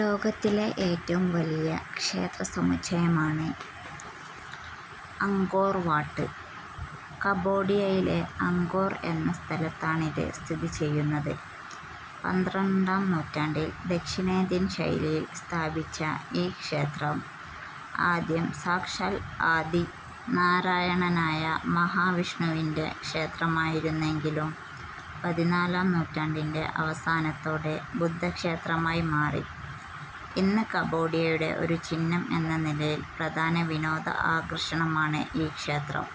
ലോകത്തിലെ ഏറ്റവും വലിയ ക്ഷേത്ര സമുച്ചയമാണ് അങ്കോർ വാട്ട്. കമ്പോഡിയയിലെ അങ്കോർ എന്ന സ്ഥലത്താണിത് സ്ഥിതി ചെയ്യുന്നത്. പന്ത്രണ്ടാം നൂറ്റാണ്ടിൽ ദക്ഷിണേന്ത്യൻ ശൈലിയിൽ സ്ഥാപിച്ച ഈ ക്ഷേത്രം ആദ്യം സാക്ഷാൽ ആദി നാരായണനായ മഹാവിഷ്ണുവിന്റെ ക്ഷേത്രമായിരുന്നെങ്കിലും പതിനാലാം നൂറ്റാണ്ടിന്റെ അവസാനത്തോടെ ബുദ്ധക്ഷേത്രമായി മാറി. ഇന്ന് കമ്പോഡിയയുടെ ഒരു ചിഹ്നം എന്ന നിലയിൽ പ്രധാന വിനോദ ആകർഷണമാണ് ഈ ക്ഷേത്രം.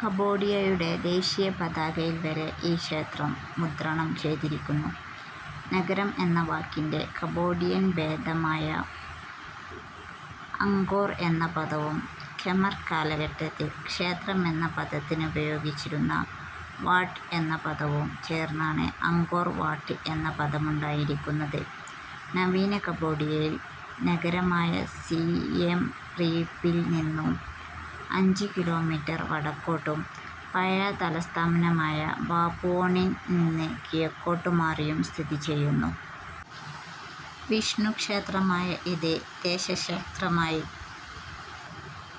കമ്പോഡിയയുടെ ദേശീയപതാകയിൽ വരെ ഈ ക്ഷേത്രം മുദ്രണം ചെയ്തിരിക്കുന്നു.. നഗരം എന്ന വാക്കിന്റെ കമ്പോഡിയൻ ഭേദമായ അങ്കോർ എന്ന പദവും ഖെമർ കാലഘട്ടത്തിൽ ക്ഷേത്രം എന്ന പദത്തിനുപയോഗിച്ചിരുന്ന വാട്ട് എന്ന പദവും ചേർന്നാണ് അങ്കോർ വാട്ട് എന്ന പദമുണ്ടായിരിക്കുന്നത്. നവീന കമ്പോഡിയൻ നഗരമായ സിയെം റീപ്പിൽ നിന്നും അഞ്ച് കിലോമീറ്റർ വടക്കോട്ടും പഴയ തലസ്ഥനമായ ബാപ്പുവോണിൽ നിന്നും കിഴക്കോട്ടു മാറിയും സ്ഥിതി ചെയ്യുന്നു. വിഷ്ണുക്ഷേത്രമായ ഇത് ദേശക്ഷേത്രമായി.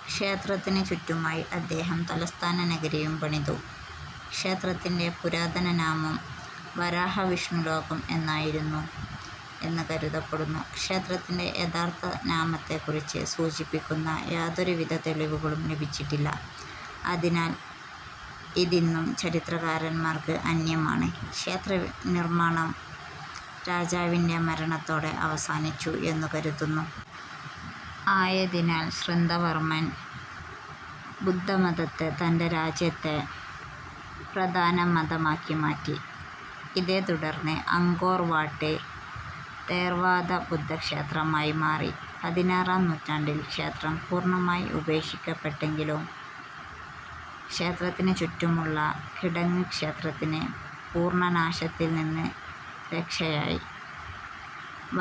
ക്ഷേത്രത്തിനു ചുറ്റുമായി അദ്ദേഹം തലസ്ഥാനനഗരിയും പണിതു. ക്ഷേത്രത്തിന്റെ പുരാതന നാമം വരാഹ വിഷ്ണുലോകം എന്നായിരുന്നു എന്ന് കരുതപ്പെടുന്നു. ക്ഷേത്രത്തിന്റെ യഥാർത്ഥ നാമത്തെക്കുറിച്ച് സൂചിപ്പിക്കുന്ന യാതൊരുവിധ തെളിവുകളും ലഭിച്ചിട്ടില്ല. അതിനാൽ ഇതിന്നും ചരിത്രകാരന്മാർക്ക് അന്യമാണ്. ക്ഷേത്രനിർമ്മാണം രാജാവിന്റെ മരണത്തോടെ അവസാനിച്ചു എന്നു കരുതുന്നു. ആയതിനാൽ ശൃംന്ദ്രവർമ്മൻ ബുദ്ധമതത്തെ തന്റെ രാജ്യത്തെ പ്രധാന മതമാക്കി മാറ്റി. ഇതേത്തുടർന്ന് അങ്കോർ വാട്ട് തേർവാദ ബുദ്ധക്ഷേത്രമായി മാറി. പതിനാറാം നൂറ്റാണ്ടിൽ ക്ഷേത്രം പൂർണ്ണമായി ഉപേക്ഷിക്കപ്പെട്ടെങ്കിലും ക്ഷേത്രത്തിനു ചുറ്റുമുള്ള കിടങ്ങ് ക്ഷേത്രത്തിന് പൂർണ്ണനാശത്തിൽ നിന്നു രക്ഷയായി.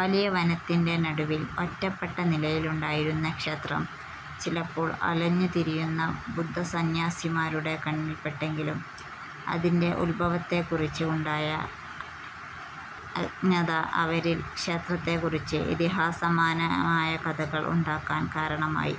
വലിയ വനത്തിന്റെ നടുവിൽ ഒറ്റപ്പെട്ട നിലയിൽ ഉണ്ടായിരുന്ന ക്ഷേത്രം ചിലപ്പോൾ അലഞ്ഞുതിരിയുന്ന ബുദ്ധസന്യാസിമാരുടെ കണ്ണിൽ പെട്ടെങ്കിലും അതിന്റെ ഉത്ഭവത്തെക്കുറിച്ച് ഉണ്ടായ അജ്ഞത അവരിൽ ക്ഷേത്രത്തെക്കുറിച്ച് ഇതിഹാസസമാനമായ കഥകൾ ഉണ്ടാകാൻ കാരണമായി.